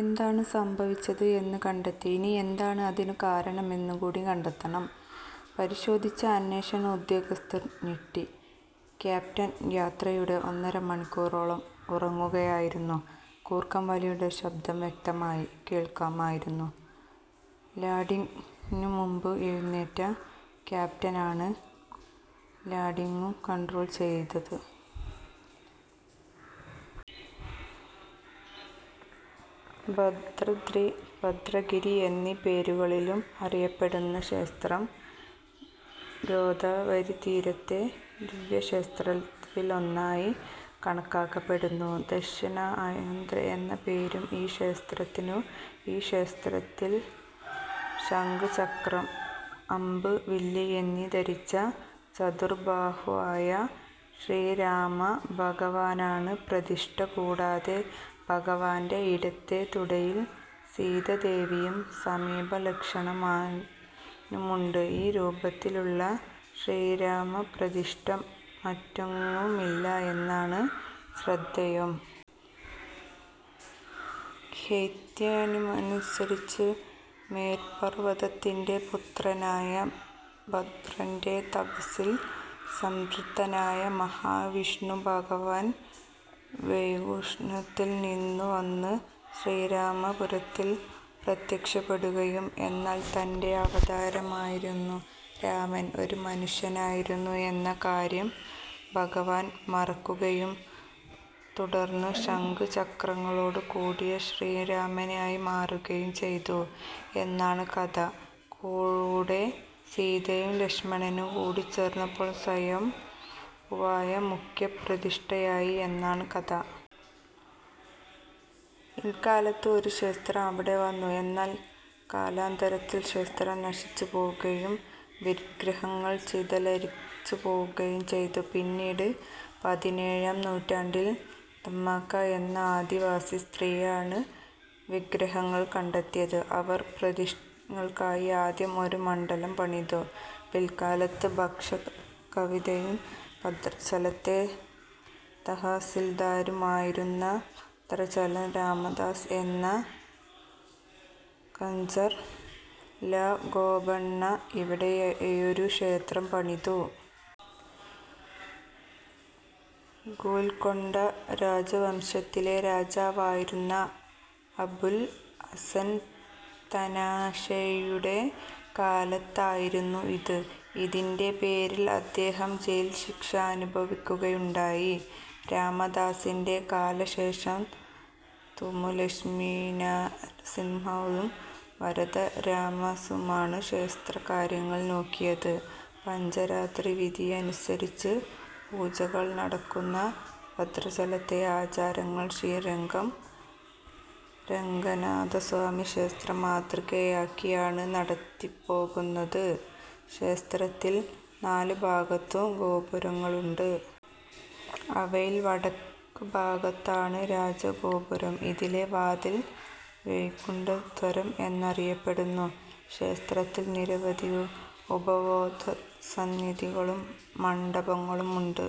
എന്താണ് സംഭവിച്ചത് എന്ന് കണ്ടെത്തി ഇനി എന്താണ് അതിനു കാരണം എന്ന് കൂടി കണ്ടെത്തണം പരിശോധിച്ച അന്വേഷണ ഉദ്യോഗസ്ഥർ ഞെട്ടി. ക്യാപ്റ്റൻ യാത്രയുടെ ഒന്നര മണിക്കൂർ ഓളം ഉറങ്ങുകയായിരുന്നു!!!! കൂർക്കം വലിയുടെ ശബ്ദം വ്യക്തമായി കേൾക്കാം ആയിരുന്നു. ലാണ്ടിംഗ് നു മുൻപ് എഴുനേറ്റ ക്യാപ്റ്റൻ ആണ് ലാണ്ടിങ്ങു കണ്ട്രോൾ ചെയ്തത്. ഭദ്രാദ്രി, ഭദ്രഗിരി എന്നീ പേരുകളിലും അറിയപ്പെടുന്ന ക്ഷേത്രം ഗോദാവരീതീരത്തെ ദിവ്യക്ഷേത്രങ്ങളിലൊന്നായി കണക്കാക്കപ്പെടുന്നു. 'ദക്ഷിണ അയോദ്ധ്യ' എന്ന പേരും ഈ ക്ഷേത്രത്തിനുണ്ട്. ഈ ക്ഷേത്രത്തിൽ ശംഖ്, ചക്രം, അമ്പ്, വില്ല് എന്നിവ ധരിച്ച ചതുർബാഹുവായ ശ്രീരാമഭഗവാനാണ് പ്രതിഷ്ഠ. കൂടാതെ, ഭഗവാന്റെ ഇടത്തേ തുടയിൽ സീതാദേവിയും സമീപം ലക്ഷ്മണനുമുണ്ട്. ഈ രൂപത്തിലുള്ള ശ്രീരാമപ്രതിഷ്ഠ മറ്റെങ്ങുമില്ല എന്നതാണ് ശ്രദ്ധേയം. ഐതിഹ്യമനുസരിച്ച്, മേരുപർവ്വതത്തിന്റെ പുത്രനായ ഭദ്രന്റെ തപസ്സിൽ സംപ്രീതനായ മഹാവിഷ്ണുഭഗവാൻ വൈകുണ്ഠത്തിൽ നിന്നുവന്ന് ശ്രീരാമരൂപത്തിൽ പ്രത്യക്ഷപ്പെടുകയും, എന്നാൽ, തന്റെ അവതാരമായിരുന്ന രാമൻ ഒരു മനുഷ്യനായിരുന്നു എന്ന കാര്യം ഭഗവാൻ മറക്കുകയും തുടർന്ന്, ശംഖ്-ചക്രങ്ങളോടുകൂടിയ ശ്രീരാമനായി മാറുകയും ചെയ്തു എന്നാണ് കഥ. കൂടെ, സീതയും ലക്ഷ്മണനും കൂടിച്ചേർന്നപ്പോൾ സ്വയംഭൂവായ മുഖ്യപ്രതിഷ്ഠയായി എന്നാണ് കഥ. പിൽക്കാലത്ത് ഒരു ക്ഷേത്രം അവിടെ വന്നു. എന്നാൽ, കാലാന്തരത്തിൽ ക്ഷേത്രം നശിച്ചുപോകുകയും വിഗ്രഹങ്ങൾ ചിതലരിച്ചുപോകുകയും ചെയ്തു. പിന്നീട്, പതിനേഴാം നൂറ്റാണ്ടിൽ ദമ്മക്ക എന്ന ആദിവാസി സ്ത്രീയാണ് വിഗ്രഹങ്ങൾ കണ്ടെത്തിയത്. അവർ പ്രതിഷ്ഠകൾക്കായി ആദ്യം ഒരു മണ്ഡപം പണിതു. പിൽക്കാലത്ത്, ഭക്തകവിയും ഭദ്രാചലത്തെ തഹസിൽദാരുമായിരുന്ന ഭദ്രാചലം രാമദാസ് എന്ന കഞ്ചർല ഗോപണ്ണ ഇവിടെയൊരു ക്ഷേത്രം പണിതു. ഗോൽക്കൊണ്ട രാജവംശത്തിലെ രാജാവായിരുന്ന അബുൽ ഹസൻ താനാഷായുടെ കാലത്തായിരുന്നു ഇത്. ഇതിന്റെ പേരിൽ അദ്ദേഹം ജയിൽ ശിക്ഷ അനുഭവിയ്ക്കുകയുണ്ടായി. രാമദാസിന്റെ കാലശേഷം, തുമു ലക്ഷ്മീനരസിംഹദാസും വരദ രാമദാസുമാണ് ക്ഷേത്രകാര്യങ്ങൾ നോക്കിയത്. പഞ്ചരാത്രവിധിയനുസരിച്ച് പൂജകൾ നടക്കുന്ന ഭദ്രാചലത്തെ ആചാരങ്ങൾ, ശ്രീരംഗം രംഗനാഥസ്വാമിക്ഷേത്രം മാതൃകയാക്കിയാണ് നടത്തിപ്പോരുന്നത്. ക്ഷേത്രത്തിന് നാലുഭാഗത്തും ഗോപുരങ്ങളുണ്ട്. അവയിൽ, വടക്കുഭാഗത്തുള്ളതാണ് രാജഗോപുരം. ഇതിലെ വാതിൽ, 'വൈകുണ്ഠദ്വാരം' എന്നറിയപ്പെടുന്നു. ക്ഷേത്രത്തിൽ, നിരവധി ഉപദേവതാസന്നിധികളും മണ്ഡപങ്ങളുമുണ്ട്.